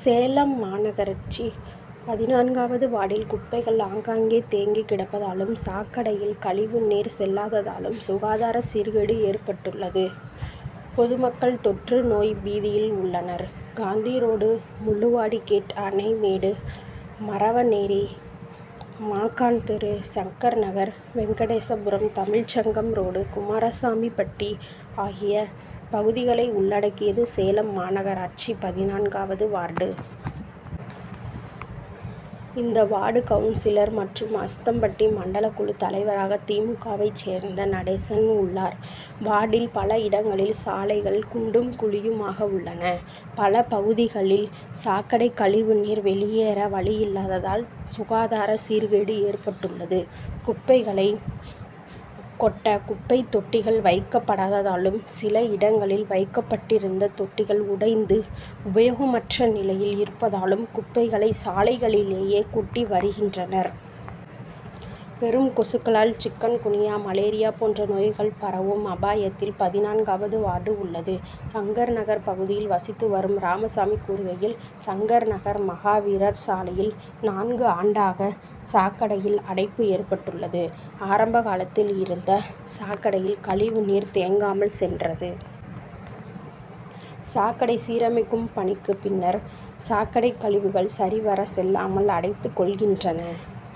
சேலம் மாநகராட்சி பதினான்காவது வார்டில் குப்பைகள் ஆங்கங்கே தேங்கி கிடப்பதாலும், சாக்கடையில் கழிவு நீர் செல்லாததாலும் சுகாதார சீர்கேடு ஏற்பட்டுள்ளது. பொதுமக்கள் தொற்று நோய் பீதியில் உள்ளனர். காந்தி ரோடு, முள்ளுவாடிகேட், அணைமேடு, மரவனேரி, மாக்கான் தெரு, சங்கர் நகர், வெங்கடேச புரம், தமிழ்ச்சங்கம் ரோடு, குமாரசாமிப்பட்டி ஆகிய பகுதிகளை உள்ளடக்கியது சேலம் மாநாகராட்சி பதினான்காவது வார்டு. இந்த வார்டு கவுன்சிலர் மற்றும் அஸ்தம்பட்டி மண்டல குழு தலைவராக தி. மு. க.,வைச் சேர்ந்த நடேசன் உள்ளார். வார்டில் பல இடங்களில் சாலைகள் குண்டும், குழியுமாக உள்ளன. பல பகுதிகளில் சாக்கடை கழிவு நீர் வெளியேற வழியில்லாததால், சுகாதார சீர்கேடு ஏற்பட்டுள்ளது. குப்பைகளை கொட்ட குப்பை தொட்டிகள் வைக்கப்படாததாலும், சில இடங்களில் வைக்கப்பட்டிருந்த தொட்டிகள் உடைந்து, உபயோகமற்ற நிலையில் இருப்பதாலும் குப்பைகளை சாலைகளிலேயே கொட்டி வருகின்றனர். பெரும் கொசுக்களால் சிக்குன்குனியா, மலேரியா போன்ற நோய்கள் பரவும் அபாயத்தில் பதினான்காவது வார்டு உள்ளது. சங்கர் நகர் பகுதியில் வசித்து வரும் ராமசாமி கூறுகையில், சங்கர் நகர் மகாவீரர் சாலையில் நான்கு ஆண்டாக சாக்கடையில் அடைப்பு ஏற்பட்டுள்ளது. ஆரம்ப காலத்தில் இருந்த சாக்கடையில் கழிவு நீர் தேங்காமல் சென்றது. சாக்கடை சீரமைக்கும் பணிக்கு பின்னர் சாக்கடை கழிவுகள் சரிவர செல்லாமல் அடைத்து கொள்கின்றன.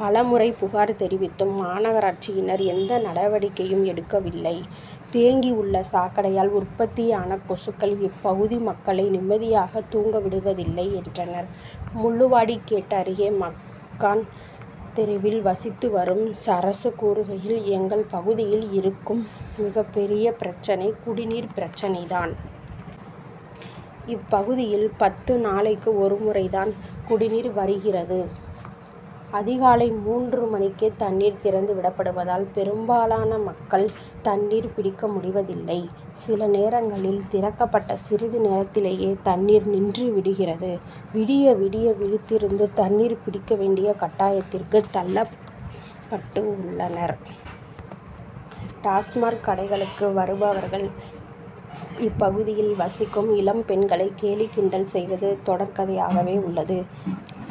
பல முறை புகார் தெரிவித்தும் மாநகராட்சியினர் எந்த நடவடிக்கையும் எடுக்கவில்லை. தேங்கி உள்ள சாக்கடையால் உற்பத்தியான கொசுக்கள் இப்பகுதி மக்களை நிம்மதியாக தூங்க விடுவதில்லை,'' என்றனர். முள்ளுவாடி கேட் அருகே மக்கான் தெருவில் வசித்து வரும் சரசு கூறுகையில், ""எங்கள் பகுதியில் இருக்கும் மிகப்பெரிய பிரச்னை குடிநீர் பிரச்னை தான். இப்பகுதியில் பத்து நாளைக்கு ஒரு முறை தான் குடிநீர் வருகிறது. அதிகாலை மூன்று மணிக்கே தண்ணீர் திறந்து விடப்படுவதால், பெரும்பாலான மக்கள் தண்ணீர் பிடிக்க முடிவதில்லை. சில நேரங்களில் திறக்கப்பட்ட சிறிது நேரத்திலேயே தண்ணீர் நின்றுவிடுகிறது. விடிய, விடிய விழித்திருந்து தண்ணீர் பிடிக்க வேண்டிய கட்டாயத்திற்கு தள்ளப்பட்டு உள்ளனர். டாஸ்மாக் கடைகளுக்கு வருபவர்கள் இப்பகுதியில் வசிக்கும் இளம்பெண்களை கேலி, கிண்டல் செய்வது தொடர்கதையாகவே உள்ளது.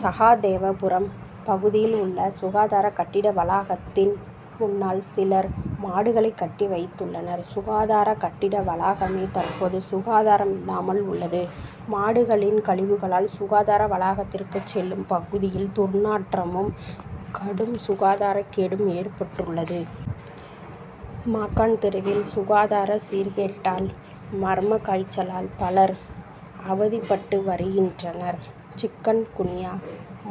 சகாதேவபுரம் பகுதியில் உள்ள சுகாதார கட்டிட வளாகத்தின் முன்னால் சிலர் மாடுகளை கட்டி வைத்துள்ளனர். சுகாதார கட்டிட வளாகமே தற்போது சுகாதாரமில்லாமல் உள்ளது. மாடுகளின் கழிவுகளால் சுகாதார வளாகத்திற்கு செல்லும் பகுதியில் துர்நாற்றமும், கடும் சுகாதார கேடும் ஏற்பட்டுள்ளது. மாக்கான் தெருவில் சுகாதார சீர்கேட்டால், மர்ம காய்ச்சலால் பலர் அவதிப்பட்டு வருகின்றனர். சிக்கன் குனியா,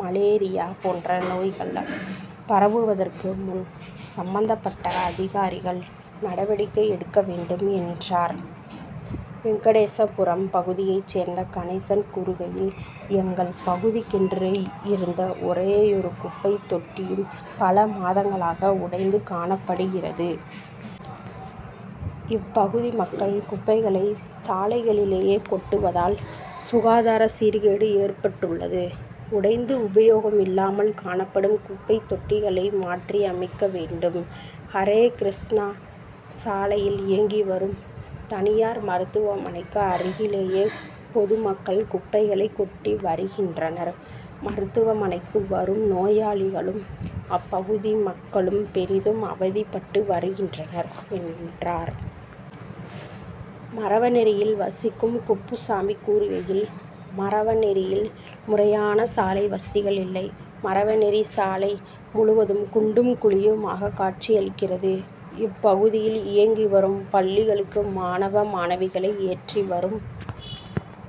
மலேரியா போன்ற நோய்கள் பரவுவதற்கு முன், சம்மபந்தப்பட்ட அதிகாரிகள் நடவடிக்கை எடுக்க வேண்டும், என்றார். வெங்கடேசபுரம் பகுதியைச் சேர்ந்த கணேசன் கூறுகையில், எங்கள் பகுதிக்கென்று இருந்த ஒரேயொரு குப்பைத் தொட்டியும் பல மாதங்களாக உடைந்து காணப்படுகிறது. இப்பகுதி மக்கள் குப்பைகளை சாலைகளிலேயே கொட்டுவதால், சுகாதார சீர்கேடு ஏற்பட்டுள்ளது. உடைந்து உபயோகமில்லாமல் காணப்படும் குப்பைத்தொட்டிகளை மாற்றியமைக்க வேண்டும். ""ஹரே கிருஷ்ணா சாலையில் இயங்கி வரும் தனியார் மருத்துவமனைக்கு அருகிலேயே பொதுமக்கள் குப்பைகளை கொட்டி வருகின்றனர். மருத்துவமனைக்கு வரும் நோயாளிகளும், அப்பகுதி மக்களும் பெரிதும் அவதிப்பட்டு வருகின்றனர்,'' என்றார். மரவனேரியில் வசிக்கும் குப்புசாமி கூறுகையில், ""மரவனேரியில் முறையான சாலை வசதிகள் இல்லை. மரவனேரி சாலை முழுவதும் குண்டும் குழியுமாக காட்சியளிக்கிறது. இப்பகுதியில் இயங்கி வரும் பள்ளிகளுக்கு மாணவ, மாணவிகளை ஏற்றி வரும்